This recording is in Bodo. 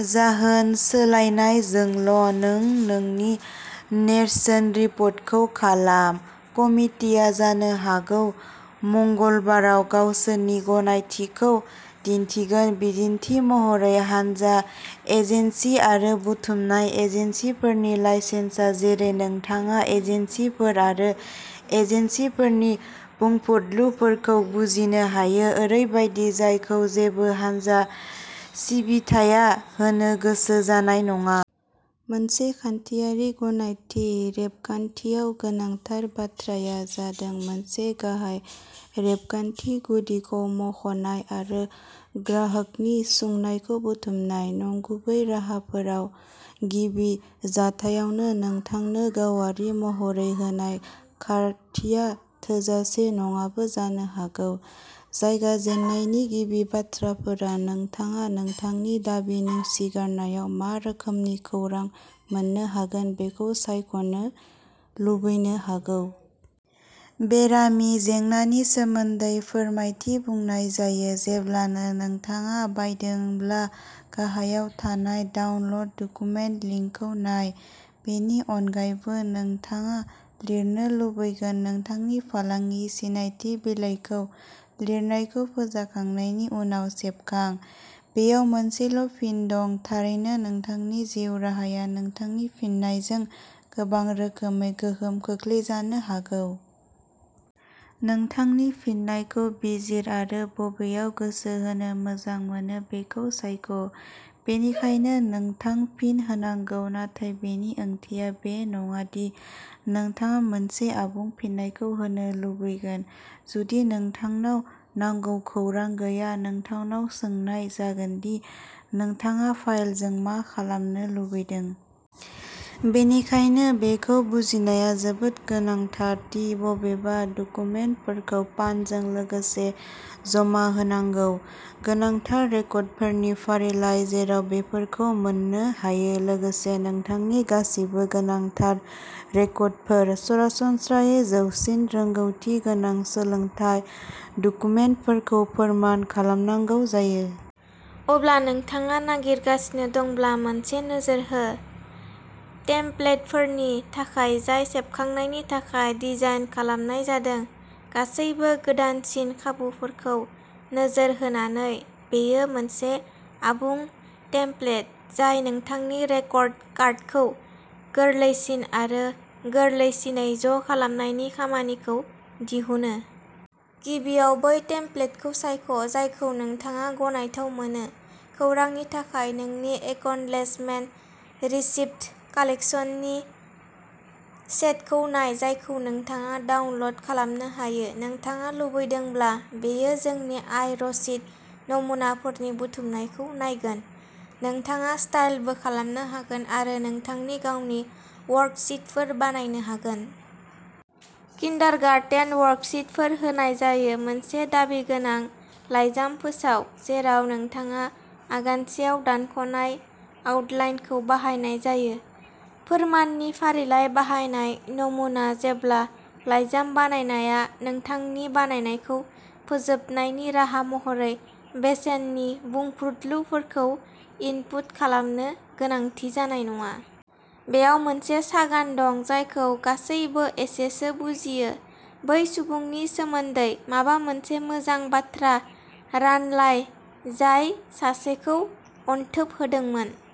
जाहोन, सोलायनायजोंल' नों नोंनि नार्सिं रिपर्टखौ खालाम। कमिटिआ जानो हागौ मंगलबाराव गावसोरनि गनायथिखौ दिन्थिगोन। बिदिन्थि महरै, हानजा एजेन्सि आरो बुथुमनाय एजेन्टफोरनि लाइसेन्सआ जेरै नोंथाङा एजेन्टफोर आरो एजेन्सिफोरनि बुंफ्रुदलुफोरखौ बुजिनो हायो ओरैबायदि जायखौ जेबो हानजा सिबिथाया होनो गोसो जानाय नङा। मोनसे खान्थियारि गनायथि रेबगान्थियाव, गोनांथार बाथ्राया जादों मोनसे गाहाय रेबगान्थि गुदिखौ मुंख'नाय आरो ग्राहकनि सुंनायखौ बुथुमनाय। नंगुबै राहाफोराव गिबि जाथायावनो नोंथांनो गावारि महरै होनाय खारिथिया थोजासे नङाबो जानो हागौ। जागायजेननायनि गिबि बाथ्राफोरा, नोंथाङा नोंथांनि दाबि नेवसिगारनायाव मा रोखोमनि खौरां मोननो हागोन बेखौ सायख'नो लुबैनो हागौ। बेरामि जेंनानि सोमोन्दै फोरमायथि बुंनाय जायो। जेब्लानो नोंथाङा बायदोंब्ला गाहायाव थानाय डाउनल'ड डकुमेन्ट लिंकखौ नाय। बेनि अनगायैबो नोंथाङा लिरनो लुबैगोन। नोंथांनि फालांगि सिनायथि बिलाइखौ लिरनायखौ फोजोबखांनायनि उनाव सेबखां। बेयाव मोनसेल' फिन दं। थारैनो, नोंथांनि जिउ राहाया नोंथांनि फिननायजों गोबां रोखोमै गोहोम खोख्लैजानो हागौ। नोंथांनि फिननायखौ बिजिर आरो बबेयाव गोसो होनो मोजां मोनो बेखौ सायख'। बेनिखायनो नोंथाङा फिन होनांगौ, नाथाय बेनि ओंथिया बे नङा दि नोंथाङा मोनसे आबुं फिननायखौ होनो लुबैगोन जुदि नोंथांनाव नांगौ खौरां गैया। नोंथांनाव सोंनाय जागोन दि नोंथाङा फाइलजों मा खालामनो लुबैदों। बेनिखायनो, बेखौ बुजिनाया जोबोद गोनांथार दि बबे डकुमेन्टफोरखौ पानजों लोगोसे जमा होनांगौ। गोनांथार रेकर्डफोरनि फारिलाइ जेराव बेफोरखौ मोननो हायो लोगोसे नोंथांनि गासिबो गोनांथार रेकर्डफोर। सरासनस्रायै जौसिन रोंग'थि गोनां सोलोंथाय डकुमेन्टखौ फोरमान खालामनांगौ जायो। अब्ला नोंथाङा नागिरगासिनो दंब्ला मोनसे नोजोर हो। टेम्प्लेटफोरनि थाखाय जाय सेबखांनायनि थाखाय डिजाइन खालामनाय जादों। गासैबो गोदानसिन खाबुफोरखौ नोजोर होनानै बेयो मोनसे आबुं टेमप्लेट जाय नोंथांनि रेकर्ड कार्डखौ गोरलैसिन आरो गोरलैसिनै ज' खालामनायनि खामानिखौ दिहुनो। गिबियाव बै टेमप्लेटखौ सायख' जायखौ नोंथाङा गनायथाव मोनो। खौरांनि थाखाय, जोंनि एकनलेजमेन्ट रिसिप्ट कालेक्शन्सनि सेटखौ नाय जायखौ नोंथाङा डाउनल'ड खालामनो हायो। नोंथाङा लुबैदोंब्ला, बेयो जोंनि आय रसिद नमुनाफोरनि बुथुमनायखौ नायगोन। नोंथाङा स्टाइलबो खालामनो हागोन आरो नोंथांनि गावनि वर्कशिटफोर बानायनो हागोन। किन्डारगार्टेन वर्कशिटफोर होनाय जायो। मोनसे दाबि गोनां लाइजाम फोसाव, जेराव नोंथाङा आगान सेयाव दानख'नाय आउटलाइनखौ बाहायनाय जायो। फोरमाननि फारिलाइ बाहायनाय नमुना जेब्ला लाइजाम बायनाया नोंथांनि बायनायखौ फोजोबनायनि राहा महरै बेसेननि बुंफ्रुदलुफोरखौ इनपुट खालामनो गोनांथि जानाय नङा। बेयाव मोनसे सागान दं, जायखौ गासैबो एसेसो बुजियो। बै सुबुंनि सोमोन्दै माबा मोनसे मोजां बाथ्रा रानलाय, जाय सासेखौ अनथोब होदोंमोन।